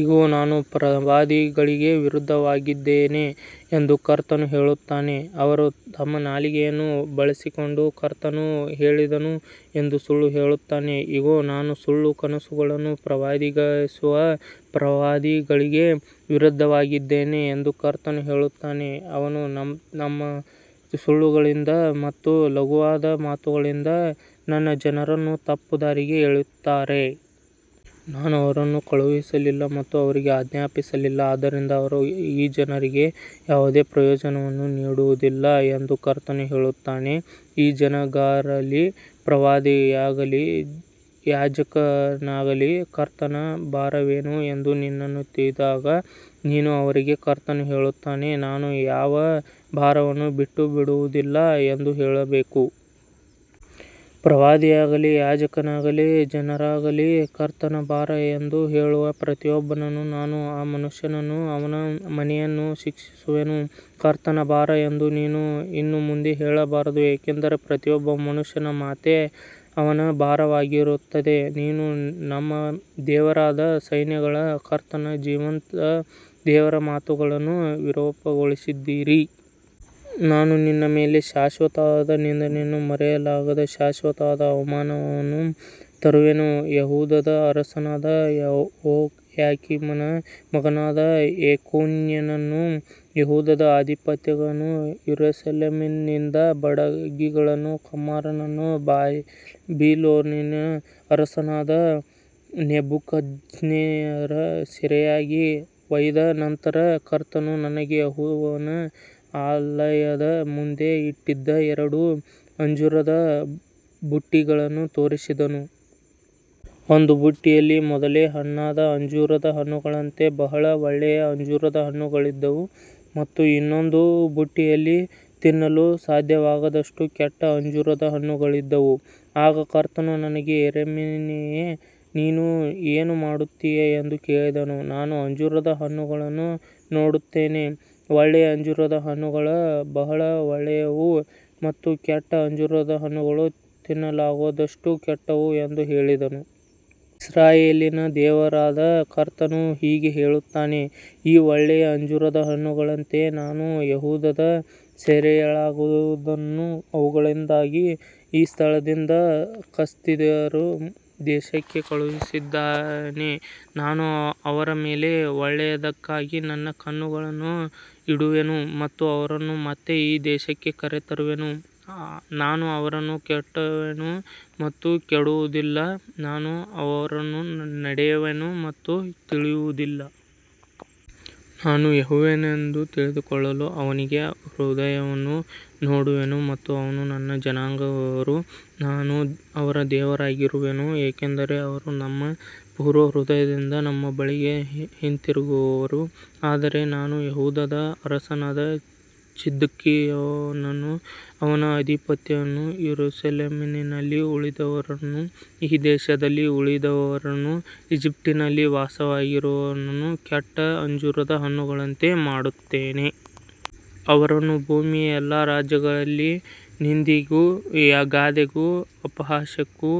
ಇಗೋ, ನಾನು ಪ್ರವಾದಿಗಳಿಗೆ ವಿರುದ್ಧವಾಗಿದ್ದೇನೆ ಎಂದು ಕರ್ತನು ಹೇಳುತ್ತಾನೆ, ಅವರು ತಮ್ಮ ನಾಲಿಗೆಯನ್ನು ಬಳಸಿಕೊಂಡು ಕರ್ತನು ಹೇಳಿದನು ಎಂದು ಸುಳ್ಳು ಹೇಳುತ್ತಾರೆ. ಇಗೋ, ನಾನು ಸುಳ್ಳು ಕನಸುಗಳನ್ನು ಪ್ರವಾದಿಸುವ ಪ್ರವಾದಿಗಳಿಗೆ ವಿರುದ್ಧವಾಗಿದ್ದೇನೆ ಎಂದು ಕರ್ತನು ಹೇಳುತ್ತಾನೆ. ಅವರು ತಮ್ಮ ಸುಳ್ಳುಗಳಿಂದ ಮತ್ತು ಲಘುವಾದ ಮಾತುಗಳಿಂದ ನನ್ನ ಜನರನ್ನು ತಪ್ಪುದಾರಿಗೆ ಎಳೆಯುತ್ತಾರೆ. ನಾನು ಅವರನ್ನು ಕಳುಹಿಸಲಿಲ್ಲ ಮತ್ತು ಅವರಿಗೆ ಆಜ್ಞಾಪಿಸಲಿಲ್ಲ, ಆದ್ದರಿಂದ ಅವರು ಈ ಜನರಿಗೆ ಯಾವುದೇ ಪ್ರಯೋಜನವನ್ನು ನೀಡುವುದಿಲ್ಲ ಎಂದು ಕರ್ತನು ಹೇಳುತ್ತಾನೆ. ಈ ಜನರಾಗಲಿ, ಪ್ರವಾದಿಯಾಗಲಿ, ಯಾಜಕನಾಗಲಿ, ಕರ್ತನ ಭಾರವೇನು ಎಂದು ನಿನ್ನನ್ನು ಕೇಳಿದಾಗ, ನೀನು ಅವರಿಗೆ ಕರ್ತನು ಹೇಳುತ್ತಾನೆ, ನಾನು ಯಾವ ಭಾರವನ್ನೂ ಬಿಟ್ಟುಬಿಡುವುದಿಲ್ಲ ಎಂದು ಹೇಳಬೇಕು. ಪ್ರವಾದಿಯಾಗಲಿ, ಯಾಜಕನಾಗಲಿ, ಜನರಾಗಲಿ, ಕರ್ತನ ಭಾರ ಎಂದು ಹೇಳುವ ಪ್ರತಿಯೊಬ್ಬನನ್ನೂ ನಾನು ಆ ಮನುಷ್ಯನನ್ನೂ ಅವನ ಮನೆಯನ್ನೂ ಶಿಕ್ಷಿಸುವೆನು. ಕರ್ತನ ಭಾರ ಎಂದು ನೀವು ಇನ್ನು ಮುಂದೆ ಹೇಳಬಾರದು, ಏಕೆಂದರೆ ಪ್ರತಿಯೊಬ್ಬ ಮನುಷ್ಯನ ಮಾತೇ ಅವನ ಭಾರವಾಗಿರುತ್ತದೆ, ನೀವು ನಮ್ಮ ದೇವರಾದ ಸೈನ್ಯಗಳ ಕರ್ತನ ಜೀವಂತ ದೇವರ ಮಾತುಗಳನ್ನು ವಿರೂಪಗೊಳಿಸಿದ್ದೀರಿ. ನಾನು ನಿಮ್ಮ ಮೇಲೆ ಶಾಶ್ವತವಾದ ನಿಂದೆಯನ್ನೂ ಮರೆಯಲಾಗದ ಶಾಶ್ವತ ಅವಮಾನವನ್ನೂ ತರುವೆನು. ಯೆಹೂದದ ಅರಸನಾದ ಯೆಹೋಯಾಕೀಮನ ಮಗನಾದ ಯೆಕೋನ್ಯನನ್ನೂ, ಯೆಹೂದದ ಅಧಿಪತಿಗಳನ್ನೂ, ಯೆರೂಸಲೇಮಿನಿಂದ ಬಡಗಿಗಳನ್ನೂ ಕಮ್ಮಾರರನ್ನೂ ಬಾಬಿಲೋನಿನ ಅರಸನಾದ ನೆಬೂಕದ್ನೆಚ್ಚರನು ಸೆರೆಯಾಗಿ ಒಯ್ದ ನಂತರ, ಕರ್ತನು ನನಗೆ ಯೆಹೋವನ ಆಲಯದ ಮುಂದೆ ಇಟ್ಟಿದ್ದ ಎರಡು ಅಂಜೂರದ ಬುಟ್ಟಿಗಳನ್ನು ತೋರಿಸಿದನು. ಒಂದು ಬುಟ್ಟಿಯಲ್ಲಿ ಮೊದಲೇ ಹಣ್ಣಾದ ಅಂಜೂರದ ಹಣ್ಣುಗಳಂತೆ ಬಹಳ ಒಳ್ಳೆಯ ಅಂಜೂರದ ಹಣ್ಣುಗಳಿದ್ದವು ಮತ್ತು ಇನ್ನೊಂದು ಬುಟ್ಟಿಯಲ್ಲಿ ತಿನ್ನಲು ಸಾಧ್ಯವಾಗದಷ್ಟು ಕೆಟ್ಟ ಅಂಜೂರದ ಹಣ್ಣುಗಳಿದ್ದವು. ಆಗ ಕರ್ತನು ನನಗೆ ಯೆರೆಮೀಯನೇ, ನೀನು ಏನು ನೋಡುತ್ತೀಯ ಎಂದು ಕೇಳಿದನು. ನಾನು ಅಂಜೂರದ ಹಣ್ಣುಗಳನ್ನು ನೋಡುತ್ತೇನೆ, ಒಳ್ಳೆಯ ಅಂಜೂರದ ಹಣ್ಣುಗಳು ಬಹಳ ಒಳ್ಳೆಯವು ಮತ್ತು ಕೆಟ್ಟ ಅಂಜೂರದ ಹಣ್ಣುಗಳು ತಿನ್ನಲಾಗದಷ್ಟು ಕೆಟ್ಟವು ಎಂದು ಹೇಳಿದೆನು. ಇಸ್ರಾಯೇಲಿನ ದೇವರಾದ ಕರ್ತನು ಹೀಗೆ ಹೇಳುತ್ತಾನೆ, ಈ ಒಳ್ಳೆಯ ಅಂಜೂರದ ಹಣ್ಣುಗಳಂತೆ ನಾನು ಯೆಹೂದದ ಸೆರೆಯಾಳುಗಳನ್ನು ಒಳ್ಳೆಯದಕ್ಕಾಗಿ ಈ ಸ್ಥಳದಿಂದ ಕಸ್ದೀಯರ ದೇಶಕ್ಕೆ ಕಳುಹಿಸಿದ್ದೇನೆ. ನಾನು ಅವರ ಮೇಲೆ ಒಳ್ಳೆಯದಕ್ಕಾಗಿ ನನ್ನ ಕಣ್ಣುಗಳನ್ನು ಇಡುವೆನು ಮತ್ತು ಅವರನ್ನು ಮತ್ತೆ ಈ ದೇಶಕ್ಕೆ ಕರೆತರುವೆನು. ನಾನು ಅವರನ್ನು ಕಟ್ಟುವೆನು ಮತ್ತು ಕೆಡವುವುದಿಲ್ಲ, ನಾನು ಅವರನ್ನು ನೆಡುವೆನು ಮತ್ತು ಕೀಳುವುದಿಲ್ಲ. ನಾನು ಯೆಹೋವನೆಂದು ತಿಳಿದುಕೊಳ್ಳಲು ಅವರಿಗೆ ಹೃದಯವನ್ನು ಕೊಡುವೆನು ಮತ್ತು ಅವರು ನನ್ನ ಜನರಾಗುವರು, ನಾನು ಅವರ ದೇವರಾಗಿರುವೆನು, ಏಕೆಂದರೆ ಅವರು ತಮ್ಮ ಪೂರ್ಣ ಹೃದಯದಿಂದ ನನ್ನ ಬಳಿಗೆ ಹಿಂತಿರುಗುವರು. ಆದರೆ ನಾನು ಯೆಹೂದದ ಅರಸನಾದ ಚಿದ್ಕೀಯನನ್ನೂ ಅವನ ಅಧಿಪತಿಗಳನ್ನೂ ಯೆರೂಸಲೇಮಿನಲ್ಲಿ ಉಳಿದವರನ್ನೂ ಈ ದೇಶದಲ್ಲಿ ಉಳಿದವರನ್ನೂ ಈಜಿಪ್ಟಿನಲ್ಲಿ ವಾಸಿಸುವವರನ್ನೂ ಕೆಟ್ಟ ಅಂಜೂರದ ಹಣ್ಣುಗಳಂತೆ ಮಾಡುತ್ತೇನೆ. ಅವರನ್ನು ಭೂಮಿಯ ಎಲ್ಲಾ ರಾಜ್ಯಗಳಲ್ಲಿ ನಿಂದೆಗೂ ಗಾದೆಗೂ ಅಪಹಾಸ್ಯಕ್ಕೂ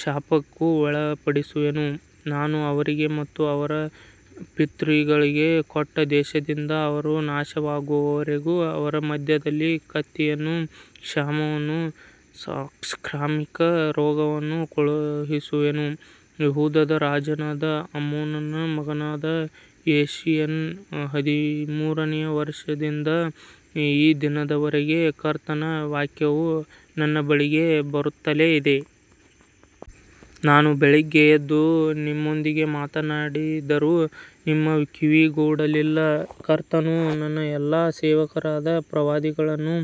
ಶಾಪಕ್ಕೂ ಒಳಪಡಿಸುವೆನು. ನಾನು ಅವರಿಗೆ ಮತ್ತು ಅವರ ಪಿತೃಗಳಿಗೆ ಕೊಟ್ಟ ದೇಶದಿಂದ ಅವರು ನಾಶವಾಗುವವರೆಗೂ ಅವರ ಮಧ್ಯದಲ್ಲಿ ಕತ್ತಿಯನ್ನೂ ಕ್ಷಾಮವನ್ನೂ ಸಾಂಕ್ರಾಮಿಕ ರೋಗವನ್ನೂ ಕಳುಹಿಸುವೆನು. ಯೆಹೂದದ ಅರಸನಾದ ಆಮೋನನ ಮಗನಾದ ಯೋಷೀಯನ ಹದಿಮೂರನೆಯ ವರ್ಷದಂದಿನಿಂದ ಈ ದಿನದವರೆಗೆ ಕರ್ತನ ವಾಕ್ಯವು ನನ್ನ ಬಳಿಗೆ ಬರುತ್ತಲೇ ಇದೆ. ನಾನು ಬೆಳಿಗ್ಗೆ ಎದ್ದು ನಿಮ್ಮೊಂದಿಗೆ ಮಾತನಾಡಿದರೂ ನೀವು ಕಿವಿಗೊಡಲಿಲ್ಲ. ಕರ್ತನು ತನ್ನ ಎಲ್ಲಾ ಸೇವಕರಾದ ಪ್ರವಾದಿಗಳನ್ನು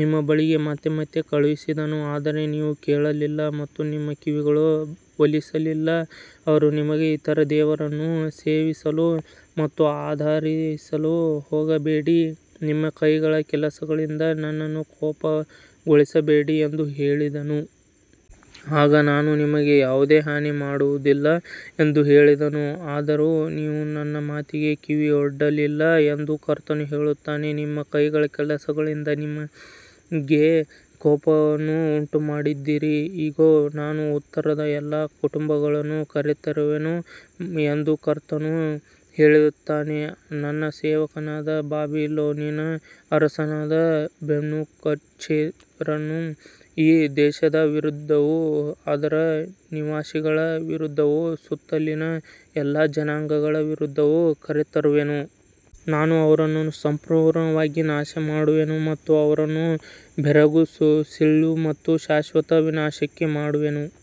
ನಿಮ್ಮ ಬಳಿಗೆ ಮತ್ತೆ ಮತ್ತೆ ಕಳುಹಿಸಿದನು, ಆದರೆ ನೀವು ಕೇಳಲಿಲ್ಲ ಮತ್ತು ನಿಮ್ಮ ಕಿವಿಯನ್ನು ಒಲಿಸಲಿಲ್ಲ. ಅವರು ನಿಮಗೆ ಇತರ ದೇವರುಗಳನ್ನು ಸೇವಿಸಲು ಮತ್ತು ಆರಾಧಿಸಲು ಹೋಗಬೇಡಿ, ನಿಮ್ಮ ಕೈಗಳ ಕೆಲಸಗಳಿಂದ ನನ್ನನ್ನು ಕೋಪಗೊಳಿಸಬೇಡಿ ಎಂದು ಹೇಳಿದರು. ಆಗ ನಾನು ನಿಮಗೆ ಯಾವುದೇ ಹಾನಿ ಮಾಡುವುದಿಲ್ಲ ಎಂದು ಹೇಳಿದೆನು. ಆದರೂ ನೀವು ನನ್ನ ಮಾತಿಗೆ ಕಿವಿಗೊಡಲಿಲ್ಲ ಎಂದು ಕರ್ತನು ಹೇಳುತ್ತಾನೆ, ನಿಮ್ಮ ಕೈಗಳ ಕೆಲಸಗಳಿಂದ ನೀವು ನನಗೆ ಕೋಪವನ್ನು ಉಂಟುಮಾಡಿದ್ದೀರಿ. ಇಗೋ, ನಾನು ಉತ್ತರದ ಎಲ್ಲಾ ಕುಟುಂಬಗಳನ್ನು ಕರೆತರುವೆನು ಎಂದು ಕರ್ತನು ಹೇಳುತ್ತಾನೆ. ನನ್ನ ಸೇವಕನಾದ ಬಾಬಿಲೋನಿನ ಅರಸನಾದ ನೆಬೂಕದ್ನೆಚ್ಚರನನ್ನು ಈ ದೇಶದ ವಿರುದ್ಧವೂ ಅದರ ನಿವಾಸಿಗಳ ವಿರುದ್ಧವೂ ಸುತ್ತಲಿನ ಎಲ್ಲಾ ಜನಾಂಗಗಳ ವಿರುದ್ಧವೂ ಕರೆತರುವೆನು. ನಾನು ಅವರನ್ನು ಸಂಪೂರ್ಣವಾಗಿ ನಾಶಮಾಡುವೆನು ಮತ್ತು ಅವರನ್ನು ಬೆರಗು, ಸಿಳ್ಳು ಮತ್ತು ಶಾಶ್ವತ ವಿನಾಶಕ್ಕೆ ಮಾಡುವೆನು.